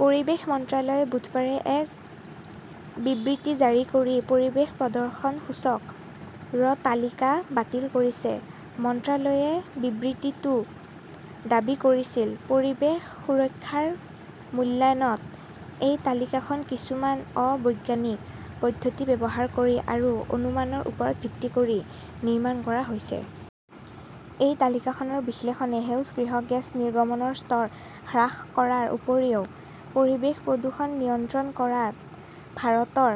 পৰিৱেশ মন্ত্ৰালয়ে বুধবাৰে এক বিবৃতি জাৰি কৰি 'পৰিৱেশ প্ৰদৰ্শন সূচক " ৰ তালিকা বাতিল কৰিছে। মন্ত্ৰালয়ে বিবৃতিটোত দাবী কৰিছিল, "পৰিৱেশ সুৰক্ষাৰ মূল্যায়নত এই তালিকাখন কিছুমান অ-বৈজ্ঞানিক পদ্ধতি ব্যৱহাৰ কৰি আৰু অনুমানৰ ওপৰত ভিত্তি কৰি নিৰ্মাণ কৰা হৈছে। " "এই তালিকাখনৰ বিশ্লেষণে সেউজগৃহ গেছ নিৰ্গমনৰ স্তৰ হ্ৰাস কৰাৰ উপৰিও পৰিৱেশ প্ৰদূষণ নিয়ন্ত্ৰণ কৰাত ভাৰতৰ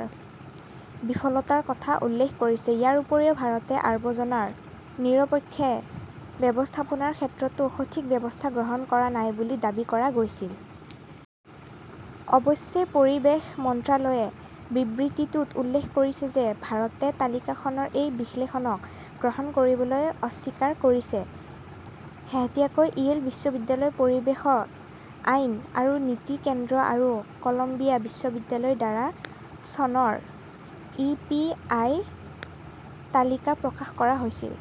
বিফলতাৰ কথা উল্লেখ কৰিছে। ইয়াৰ উপৰিও, ভাৰতে আৱৰ্জনাৰ নিৰপেক্ষ ব্যৱস্থাপনাৰ ক্ষেত্ৰতো সঠিক ব্যৱস্থা গ্ৰহণ কৰা নাই বুলি দাবী কৰা হৈছিল। অৱশ্যে পৰিৱেশ মন্ত্ৰালয়ে বিবৃতিটোত উল্লেখ কৰিছে যে ভাৰতে তালিকাখনৰ এই বিশ্লেষণক গ্ৰহণ কৰিবলৈ অস্বীকাৰ কৰিছে। শেহতীয়াকৈ ইয়েল বিশ্ববিদ্যালয়ৰ পৰিৱেশ আইন আৰু নীতি কেন্দ্ৰ আৰু কলম্বিয়া বিশ্ববিদ্যালয়ৰ দ্বাৰা চনৰ ই. পি. আই. তালিকা প্ৰকাশ কৰা হৈছিল।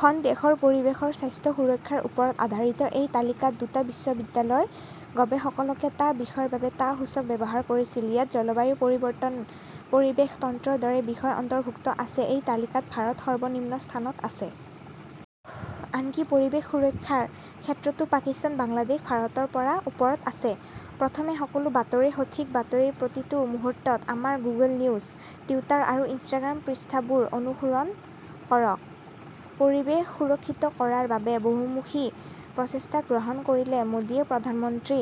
খন দেশৰ পৰিৱেশৰ স্বাস্থ্য সুৰক্ষাৰ ওপৰত আধাৰিত এই তালিকাত দুটা বিশ্ববিদ্যালয়ৰ গৱেষকসকলে টা বিষয়ৰ বাবে টা সূচক ব্যৱহাৰ কৰিছিল। ইয়াত জলবায়ু পৰিৱৰ্তন, পৰিৱেশ তন্ত্ৰৰ দৰে বিষয় অন্তৰ্ভুক্ত আছে। এই তালিকাত ভাৰত সৰ্বনিম্ন স্থানত আছে। আনকি পৰিৱেশ সুৰক্ষাৰ ক্ষেত্ৰতো পাকিস্তান, বাংলাদেশ ভাৰতৰ পৰা ওপৰত আছে। প্ৰথমে সকলো বাতৰি, সঠিক বাতৰি, প্ৰতিটো মুহূৰ্ত। আমাৰ গুগল নিউজ, টুইটাৰ আৰু ইনষ্টাগ্ৰাম পৃষ্ঠাবোৰ অনুসৰণ কৰক। পৰিৱেশ সুৰক্ষিত কৰাৰ বাবে বহুমুখী প্ৰচেষ্টা গ্ৰহণ কৰিলে মোদীয়ে প্ৰধানমন্ত্ৰী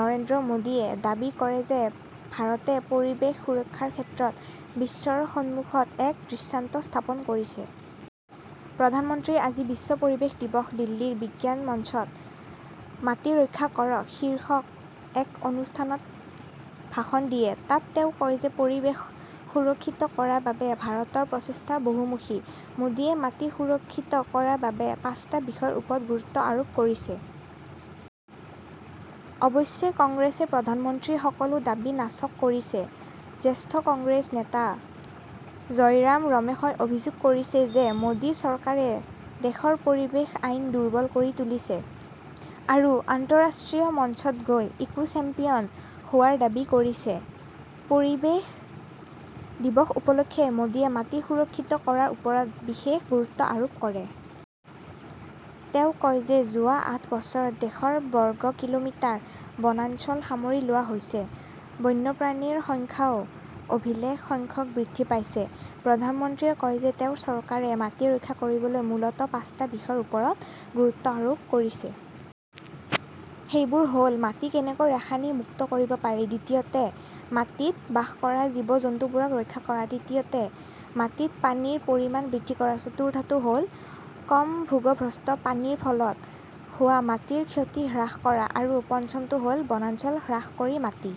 নৰেন্দ্ৰ মোদীয়ে দাবী কৰে যে ভাৰতে পৰিৱেশ সুৰক্ষাৰ ক্ষেত্ৰত বিশ্বৰ সন্মুখত এক দৃষ্টান্ত স্থাপন কৰিছে। প্ৰধানমন্ত্ৰীয়ে আজি বিশ্ব পৰিৱেশ দিৱস উপলক্ষে দিল্লীৰ বিজ্ঞান মঞ্চত 'মাটি ৰক্ষা কৰক "শীৰ্ষক এক অনুষ্ঠানত ভাষণ দিয়ে। তাত তেওঁ কয় যে পৰিৱেশ সুৰক্ষিত কৰাৰ বাবে ভাৰতৰ প্ৰচেষ্টা বহুমুখী। মোদীয়ে মাটি সুৰক্ষিত কৰাৰ বাবে পাঁচটা বিষয়ৰ ওপৰত গুৰুত্ব আৰোপ কৰিছে। অৱশ্যে কংগ্ৰেছে প্ৰধানমন্ত্ৰীৰ সকলো দাবী নাকচ কৰিছে। জ্যেষ্ঠ কংগ্ৰেছ নেতা জয়ৰাম ৰমেশই অভিযোগ কৰিছে যে মোদী চৰকাৰে দেশৰ পৰিৱেশ আইন দুৰ্বল কৰি তুলিছে। আৰু আন্তঃৰাষ্ট্ৰীয় মঞ্চত গৈ 'ইকো-চেম্পিয়ন "হোৱাৰ দাবী কৰিছে। পৰিৱেশ দিৱস উপলক্ষে মোদীয়ে মাটি সুৰক্ষিত কৰাৰ ওপৰত বিশেষ গুৰুত্ব আৰোপ কৰে। তেওঁ কয় যে যোৱা আঠ বছৰত দেশৰ বৰ্গ কিলোমিটাৰ বনাঞ্চল সামৰি লোৱা হৈছে। বন্যপ্ৰাণীৰ সংখ্যাও অভিলেখ সংখ্যক বৃদ্ধি পাইছে। প্ৰধানমন্ত্ৰীয়ে কয় যে তেওঁৰ চৰকাৰে মাটি ৰক্ষা কৰিবলৈ মূলতঃ পাঁচটা বিষয়ৰ ওপৰত গুৰুত্ব আৰোপ কৰিছে। সেইবোৰ হ "ল-মাটি কেনেকৈ ৰাসায়নিক মুক্ত কৰিব পাৰি। দ্বিতীয়তে, মাটিত বাস কৰা জীৱ-জন্তুবোৰক ৰক্ষা কৰা। তৃতীয়তে, মাটিত পানীৰ পৰিমাণ বৃদ্ধি কৰা। চতুৰ্থটো হ "ল, কম ভূগৰ্ভস্থ পানীৰ ফলত হোৱা মাটিৰ ক্ষতি হ্ৰাস কৰা আৰু পঞ্চমটো হ" ল, বনাঞ্চল হ্ৰাস কৰি মাটি